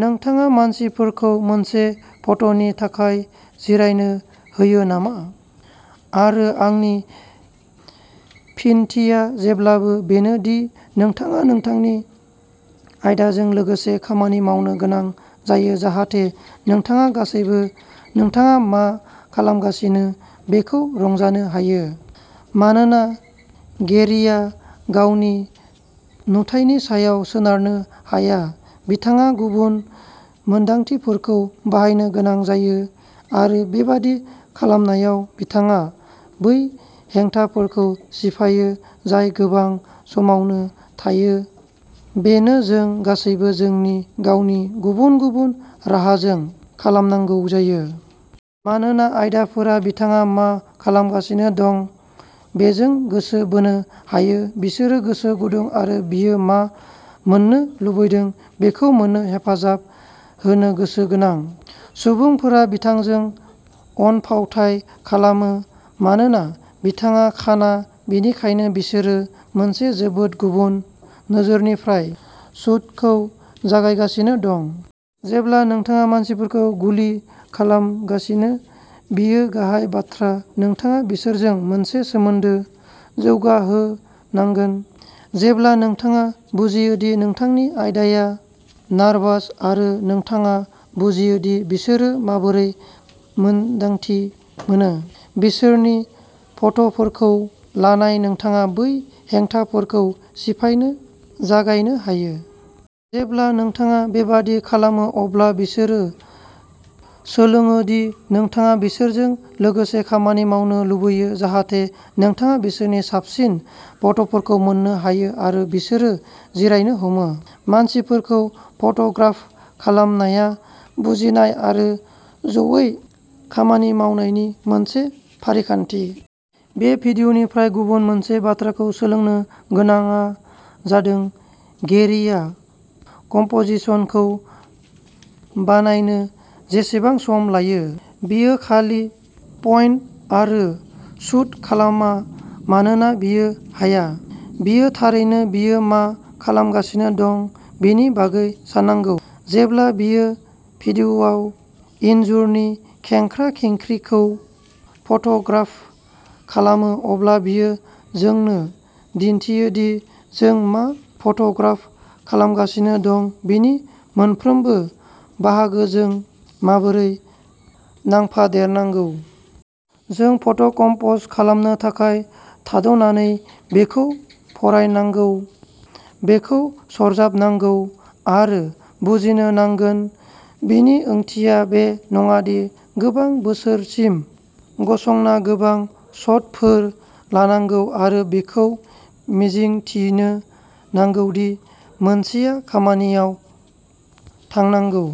नोंथाङा मानसिफोरखौ मोनसे फट'नि थाखाय जिरायनो होयो नामा? आरो आंनि फिनथिया जेब्लाबो बेनो दि नोंथाङा नोंथांनि आयदाजों लोगोसे खामानि मावनो गोनां जायो जाहाथे नोंथाङा सानैबो नोंथाङा मा खालामगासिनो बेखौ रंजानो हायो। मानोना गेरीया गावनि नुथायनि सायाव सोनारनो हाया बिथाङा गुबुन मोनदांथिफोरखौ बाहायनो गोनां जायो आरो बेबादि खालामनायाव बिथाङा बै हेंथाफोरखौ सिफायो जाय गोबां समावनो थायो बेनो जों गासैबो जोंनि गावनि गुबुन गुबुन राहाजों खालामनांगौ जायो। मानोना आयदाफोरा बिथाङा मा खालामगासिनो दं बेजों गोसो बोनो हायो बिसोरो गोसो गुदुं आरो बियो मा मोन्नो लुबैदों बेखौ मोन्नो हेफाजाब होनो गोसो गोनां। सुबुंफोरा बिथांजों अनफावथाय खालामो मानोना बिथाङा खाना बेनिखायनो बिसोरो मोनसे जोबोद गुबुन नोजोरनिफ्राय शूटखौ जागायगासिनो दं। जेब्ला नोंथाङा मानसिफोरखौ गुलि खालामगासिनो बेयो गाहाय बाथ्रा नोंथाङा बिसोरजों मोनसे सोमोन्दो जौगाहोनांगोन। जेब्ला नोंथाङा बुजियोदि नोंथांनि आयदाया नारभास आरो नोंथाङा बुजियोदि बिसोरो माबोरै मोन्दांथि मोनो। बिसोरनि फट'फोरखौ लानाय नोंथाङा बै हेंथाफोरखौ सिफायनो जागायनो हायो। जेब्ला नोंथाङा बेबादि खालामो अब्ला बिसोरो सोलोङोदि नोंथाङा बिसोरजों लोगोसे खामानि मावनो लुबैयो जाहाथे नोंथाङा बिसोरनि साबसिन फट'फोरखौ मोन्नो हायो आरो बिसोरो जिरायनो हमो। मानसिफोरखौ फट'ग्राफ खालामनाया बुजिनाय आरो ज'यै खामानि मावनायनि मोनसे फारिखान्थि। बे भिडिय'निफ्राय गुबुन मोनसे बाथ्राखौ सोलोंनो गोनांआ जादों गेरीआ कम्प'जिशनखौ बानायनो बेसेबां सम लायो। बियो खालि पइन्ट आरो शुट खालामा मानोना बियो हाया। बियो थारैनो बियो मा खालामगासिनो दं बेनि बागै साननांगौ। जेब्ला बियो भिडिय'आव इनजुरनि खेंख्रा-खेंख्रिखौ फट'ग्राफ खालामो अब्ला बियो जोंनो दिन्थियोदि जों मा फट'ग्राफ खालामगासिनो दं बेनि मोनफ्रोमबो बाहागोजों माबोरै नांफादेरनांगौ। जों फट'कम्प'ज खालामनो थाखाय थाद'नानै बेखौ फरायनांगौ बेखौ सरजाबनांगौ आरो बुजिनो नांगोन। बेनि ओंथिया बे नङादि गोबां बोसोरसिम गसंना गोबां शटफोर लानांगौ आरो बेखौ मिजिं थिनो नांगौदि मोनसेआ खामानियाव थांनांगौ।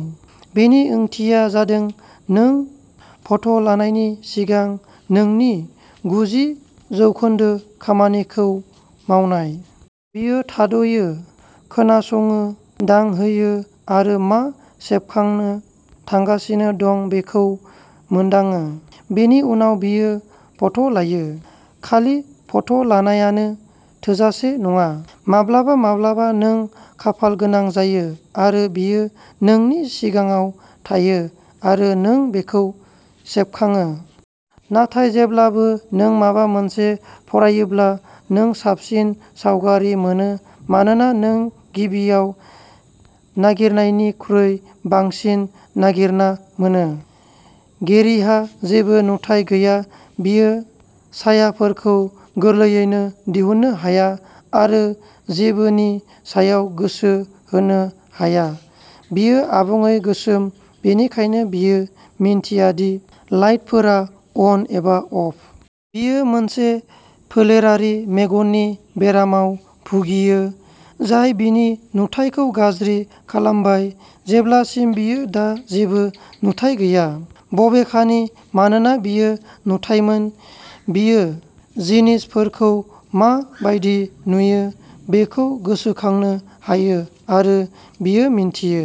बेनि ओंथिया जादों नों फट'लानायनि सिगां नोंनि गुजि जौखोन्दो खामानिखौ मावनाय। बियो थाद'यो, खोनासङो, दांहोयो आरो मा सेबखांनो थांगासिनो दं बेखौ मोनदाङो। बेनि उनाव बियो फट'लायो। खालि फट'नायानो थोजासे नङा। माब्लाबा माब्लाबा नों खाफालगोनां जायो आरो बेयो नोंनि सिगाङाव थायो आरो नों बेखौ सेबखाङो। नाथाय जेब्लाबो नों माबा मोनसे फरायोब्ला नों साबसिन सावगारि मोनो मानोना नों गिबियाव नागिरनायनिख्रुइ बांसिन नागिरना मोनो। गेरीहा जेबो नुथाइ गैया बियो सायाफोरखौ गोरलैयैनो दिहुननो हाया आरो जेबोनि सायाव गोसो होनो हाया बेयो आबुङै गोसोम बेनिखायनो बियो मिन्थियादि लाइटफोरा अन एबा अफ। बियो मोनसे फोलेरारि मेगननि बेरामाव भुगियो जाय बिनि नुथायखौ गाज्रि खालामबाय जेब्लासिम बियो दा जेबो नुथाइ गैया। बबेखानि, मानोना बियो नुथाइमोन बियो जिनिसफोरखौ मा बायदि नुयो बेखौ गोसोखांनो हायो आरो बियो मिन्थियो।